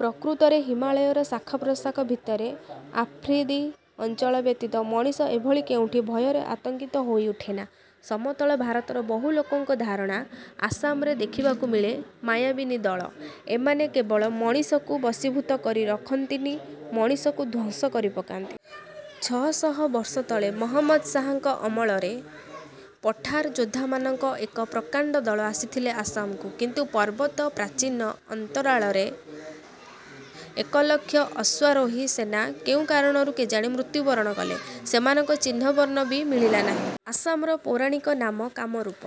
ପ୍ରକୃତରେ ହିମାଳୟର ଶାଖାପ୍ରଶାଖା ଭିତରେ ଆଫ୍ରିଦୀ ଅଞ୍ଚଳ ବ୍ୟତୀତ ମଣିଷ ଏଭଳି କେଉଁଠି ଭୟରେ ଆତଙ୍କିତ ହୋଇ ଉଠେନା। ସମତଳ ଭାରତର ବହୁ ଲୋକଙ୍କ ଧାରଣା, ଆସାମରେ ଦେଖିବାକୁ ମିଳେ ମାୟାବିନୀ ଦଳ। ଏମାନେ କେବଳ ମଣିଷକୁ ବଶୀଭୂତ କରି ରଖନ୍ତିନି, ମଣିଷକୁ ଧ୍ୱସଂ କରିପକାନ୍ତି। ଛଅ ଶହ ବର୍ଷ ତଳେ ମହମ୍ମଦ ସାହାଙ୍କ ଅମଳରେ ପଠାର ଯୋଦ୍ଧାମାନଙ୍କ ଏକ ପ୍ରକାଣ୍ଡ ଦଳ ଆସିଥିଲେ ଆସାମକୁ, କିନ୍ତୁ ପର୍ବତ ପ୍ରାଚୀନ ଅନ୍ତରାଳରେ ଏକ ଲକ୍ଷ ଅଶ୍ୱାରୋହୀ ସେନା କେଉଁ କାରଣରୁ କେଜାଣି ମୃତ୍ୟୁ ବରଣ କଲେ, ସେମାନଙ୍କ ଚିହ୍ନ ବର୍ଣ୍ଣ ବି ମିଳିଲା ନାହିଁ। ଆସାମର ପୌରାଣିକ ନାମ କାମରୂପ।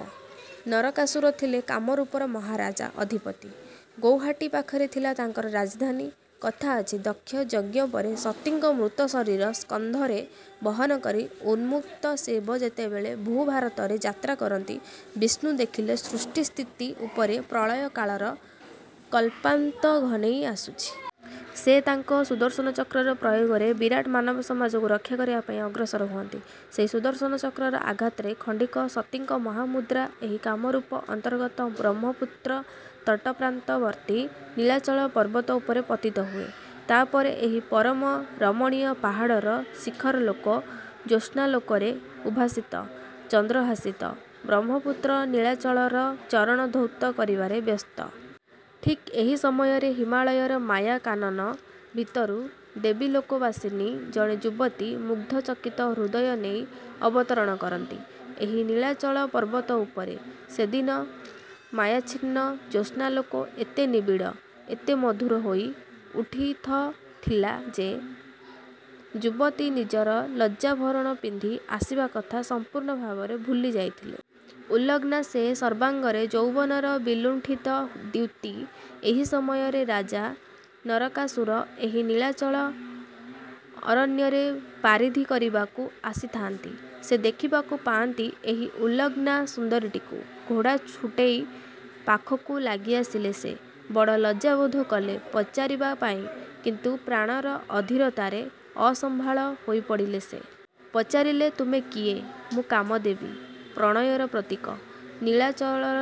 ନରକାସୁର ଥିଲେ କାମରୂପର ମହାରାଜା, ଅଧିପତି। ଗୌହାଟୀ ପାଖରେ ଥିଲା ତାଙ୍କର ରାଜଧାନୀ। କଥା ଅଛି, ଦକ୍ଷଯଜ୍ଞ ପରେ ସତୀଙ୍କ ମୃତଶରୀର ସ୍କନ୍ଧରେ ବହନକରି ଉନ୍ମତ୍ତ ଶିବ ଯେତେବେଳେ ଭୂଭାରତରେ ଯାତ୍ରା କରନ୍ତି, ବିଷ୍ଣୁ ଦେଖିଲେ ସୃଷ୍ଟି ସ୍ଥିତି ଉପରେ ପ୍ରଳୟ କାଳର କଳ୍ପାନ୍ତ ଘନେଇ ଆସୁଚି। ସେ ତାଙ୍କ ସୁଦର୍ଶନ ଚକ୍ରର ପ୍ରୟୋଗରେ ବିରାଟ ମାନବସମାଜକୁ ରକ୍ଷାକରିବା ପାଇଁ ଅଗ୍ରସର ହୁଅନ୍ତି। ସେହି ସୁଦର୍ଶନ ଚକ୍ରର ଆଘାତରେ ଖଣ୍ଡିକ ସତୀଙ୍କ ମହାମୁଦ୍ରା ଏହି କାମରୂପ ଅନ୍ତର୍ଗତ ବ୍ରହ୍ମପୁତ୍ର ତଟପ୍ରାନ୍ତବର୍ତ୍ତୀ ନୀଳାଚଳ ପର୍ବତ ଉପରେ ପତିତ ହୁଏ। ତା ପରେ ଏହି ପରମ ରମଣୀୟ ପାହାଡ଼ର ଶିଖରଲୋକ ଜ୍ୟୋସ୍ନାଲୋକରେ ଉଦ୍ଭାସିତ, ଚନ୍ଦ୍ରହାସିତ ବ୍ରହ୍ମପୁତ୍ର ନୀଳାଚଳର ଚରଣ ଧୌତ କରିବାରେ ବ୍ୟସ୍ତ। ଠିକ୍ ଏହି ସମୟରେ ହିମାଳୟର ମାୟା କାନନ ଭିତରୁ ଦେବୀଲୋକବାସିନୀ ଜଣେ ଯୁବତୀ ମୁଗ୍ଧଚକିତ ହୃଦୟ ନେଇ ଅବତରଣ କରନ୍ତି ଏହି ନୀଳାଚଳ ପର୍ବତ ଉପରେ। ସେଦିନ ମାୟାଚ୍ଛିନ୍ନ ଜ୍ୟୋସ୍ନାଲୋକ ଏତେ ନିବିଡ଼, ଏତେ ମଧୁର ହୋଇ ଉଠିଥଥିଲା ଯେ,। ଯୁବତୀ ନିଜର ଲଜ୍ଜାଭରଣ ପିନ୍ଧି ଆସିବାକଥା ସମ୍ପୂର୍ଣ୍ଣ ଭାବରେ ଭୁଲି ଯାଇଥିଲେ। ଉଲଗ୍ନା ସେ। ସର୍ବାଙ୍ଗରେ ଯୌବନର ବିଲୁଣ୍ଠିତ ଦ୍ୟୁତି। ଏହି ସମୟରେ ରାଜା ନରକାସୁର ଏହି ନୀଳାଚଳ ଅରଣ୍ୟରେ ପାରିଧି କରିବାକୁ ଆସିଥାଆନ୍ତି। ସେ ଦେଖିବାକୁ ପାଆନ୍ତି ଏହି ଉଲଗ୍ନା ସୁନ୍ଦରୀଟିକୁ। ଘୋଡ଼ା ଛୁଟେଇ ପାଖକୁ ଲାଗିଆସିଲେ ସେ। ବଡ଼ ଲଜ୍ଜାବୋଧ କଲେ ପଚାରିବା ପାଇଁ; କିନ୍ତୁ ପ୍ରାଣର ଅଧୀରତାରେ ଅସମ୍ଭାଳ ହୋଇପଡ଼ିଲେ ସେ। ପଚାରିଲେ-ତୁମେ କିଏ? -ମୁଁ କାମଦେବୀ, ପ୍ରଣୟର ପ୍ରତୀକ। ନୀଳାଚଳର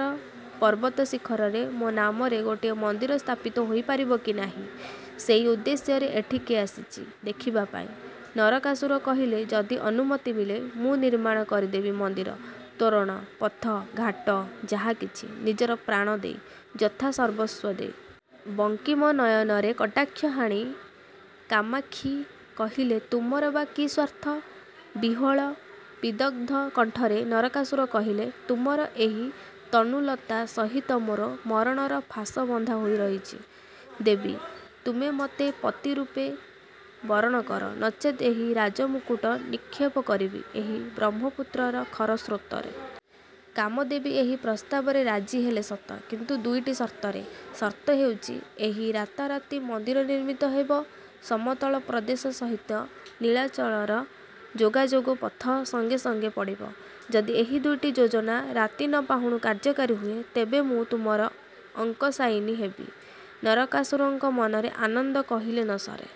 ପର୍ବତଶିଖରରେ ମୋ ନାମରେ ଗୋଟିଏ ମନ୍ଦିର ସ୍ଥାପିତ ହୋଇପାରିବ କି ନାହିଁ, ସେଇ ଉଦ୍ଦେଶ୍ୟରେ ଏଠିକି ଆସିଚି ଦେଖିବା ପାଇଁ। ନରକାସୁର କହିଲେ, ଯଦି ଅନୁମତି ମିଳେ, ମୁଁ ନିର୍ମାଣ କରିଦେବି ମନ୍ଦିର, ତୋରଣ, ପଥ, ଘାଟ ଯାହା କିଛି-ନିଜର ପ୍ରାଣ ଦେଇ, ଯଥାସର୍ବସ୍ୱ ଦେଇ। ବଙ୍କିମ ନୟନରେ କଟାକ୍ଷ ହାଣି କାମାକ୍ଷୀ କହିଲେ, ତୁମର ବା କି ସ୍ୱାର୍ଥ? ବିହ୍ୱଳ, ବିଦଗ୍ଧ କଣ୍ଠରେ ନରକାସୁର କହିଲେ, ତୁମର ଏହି ତନୁଲତା ସହିତ ମୋର ମରଣର ଫାଶ ବନ୍ଧା ହୋଇ ରହିଛି। ଦେବି! ତୁମେ ମତେ ପତି ରୂପେ ବରଣ କର, ନଚେତ୍ ଏହି ରାଜମୁକୁଟ ନିକ୍ଷେପ କରିବି ଏହି ବ୍ରହ୍ମପୁତ୍ରର ଖରସ୍ରୋତରେ। କାମଦେବୀ ଏହି ପ୍ରସ୍ତାବରେ ରାଜି ହେଲେ ସତ, କିନ୍ତୁ ଦୁଇଟି ସର୍ତ୍ତରେ। ସର୍ତ୍ତ ହେଉଛି, ଏହି ରାତାରାତି ମନ୍ଦିର ନିର୍ମିତ ହେବ, ସମତଳ ପ୍ରଦେଶ ସହିତ ନୀଳାଚଳର ଯୋଗାଯୋଗ ପଥ ସଙ୍ଗେ ସଙ୍ଗେ ପଡ଼ିବ। ଯଦି ଏହି ଦୁଇଟି ଯୋଜନା ରାତି ନ ପାହୁଣୁ କାର୍ଯ୍ୟକାରୀ ହୁଏ, ତେବେ ମୁଁ ତୁମର ଅଙ୍କଶାୟିନୀ ହେବି। ନରକାସୁରଙ୍କ ମନରେ ଆନନ୍ଦ କହିଲେ ନ ସରେ।